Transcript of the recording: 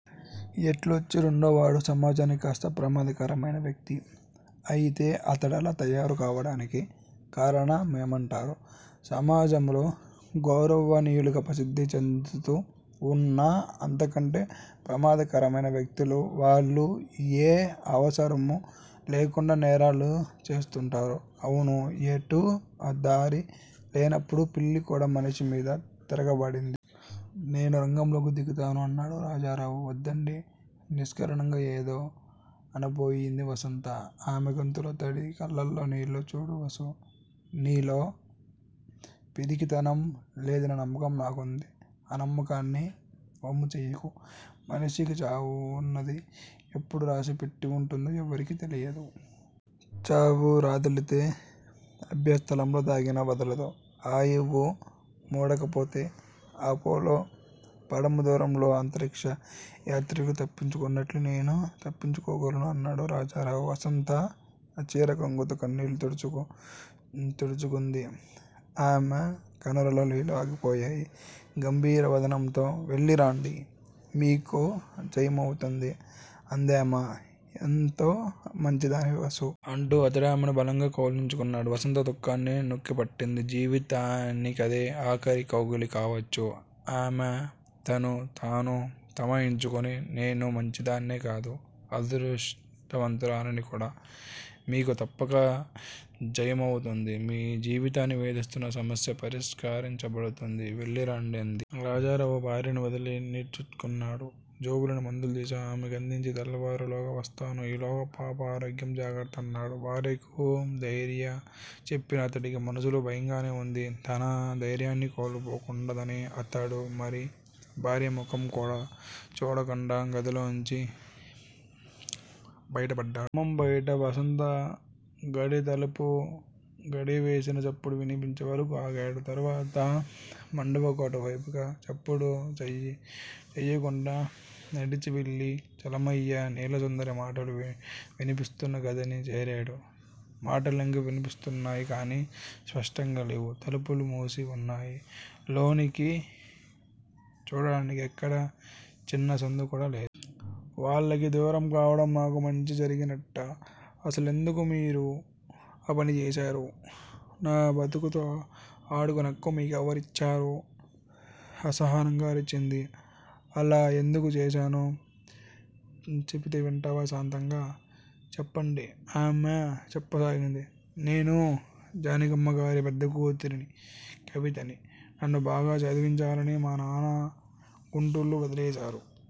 ఎటొచ్చీ రెండోవాడు సమాజనికి కాస్త ప్రమాదకరమయిన వ్యక్తి. అయితే అతడలా తయారు కావడానికి కారణమెవరు? సమాజంలో గౌరవనీయులుగా ప్రసిద్ధి చెందుతూ ఉన్న అంతకంటే ప్రమాదకరమయిన వ్యక్తులు, వాళ్ళు ఏ అవసరమూ లేకుండా నేరాలు చేస్తూంటారు. అవును. ఎటూ దారిలేనప్పుడు పిల్లి కూడా మనిషి మీద తిరగబడింది. నేను రంగంలోకి దిగుతాను అన్నాడు రాజారావు. వద్దండీ _ నిష్కారణంగా ఏదో అనబోయి ది వసంత. ఆమె గొంతులో తడి, కళ్ళలో నీళ్ళు చూడు వసూ! నీలో పిరికితనం లేదనే నమ్మకం నాకుంది. ఆ నమ్మకాన్ని వమ్ముచేయకు. మనిషికి చావన్నది ఎప్పుడు రాసిపెట్టి ఉంటుందో ఎవరికీ తెలియదు. చావు రాదలిస్తే అభేద్యస్థలంలో దాగినా వదలదు. ఆయువు మూడకపొతే _ అపోలో పదమూడులో అంతరిక్ష యాత్రికులు తప్పించుకున్నట్ట్లే నేనూ తప్పించుకోగలను అన్నాడు రాజారావు. వసంత చీరగోంగుతో కన్నీళ్ళు తుడుచుకుంది ఆమె కనులలో నీళ్ళు ఆగిపోయాయి. గంభీర వదనంతో __ వెళ్ళిరండి! మీకు జయమవుతుంది! అందామె. ఎంత మంచిదానివి వసూ! అంటూ అతడామెను బలంగా కౌగలించుకున్నాడు. వసంత దుఃఖాన్ని నొక్కిపట్టింది. జీవితానికదే ఆఖరి కౌగలి కావచ్చు. ఆమె తన్ను తాను తమాయించుకుని __ నెను మంచిదాన్నే కాదు __ అదృష్టవంతురాలిని కూడా. మీకు తప్పక జయమవుతుంది. మీ జీవితాన్ని వేధిస్తున్న సమస్య పరిష్కరించబడుతుంది. వెళ్ళిరండి __ అంది. రాజారావు భార్యను వదిలి నిట్టూర్చాడు. జేబులోని మందులు తీసి అమెకందించి _ తెల్లవారేలోగా వస్తాను. ఈలోగా పాప ఆరోగ్యం జాగ్రత్త! అన్నాడు. భార్యకు ధైర్య చెప్పినా అతడికీ మనసులో భయంగానే ఉంది. తన ధైర్యాన్ని కోల్పోకూడదని అతడు మరి భార్య ముఖం కూడా చూడకుండా గదిలోంచి బయటపడ్డాడు. గుమ్మం బయట వసంత గడితలుపు గడియవేసిన చప్పుడు వినిపించే వరకూ ఆగాడు. తర్వాత మండువాకు అటువైపుగా చప్పుడు చేయకుండా నడిచివెళ్ళి చలమయ్య, లీలాసుందరి మాటలు వినిపిస్తున్న గదిని చేరాడు. మాటలింకా వినిపిస్తున్నాయి కానీ స్పష్టంగా లేవు తలుపులు మూసి ఉన్నాయి. లోనికి చూడ్డానికి ఎక్కడా చిన్న సందు కూడా లేదు. వాళ్ళకి దూరం కావటం నాకు మంచి జరిగినట్టా? అసలెందుకు మీరా పని చేశారు? నా బ్రతుకుతో ఆడుకునే హక్కు మీ కెవరిచ్చారు? అసహనంగా అరిచింది. అలా ఎందుకు చేశానో చెబితేవింటారా శాంతంగా! చెప్పండి! ఆమె చెప్పసాగింది. నేను జానికమ్మగారి పెద్దకూతురిని కవితని. నన్ను బాగా చదివించాలని మా నాన్న గుంటూరులో వదిలేశారు.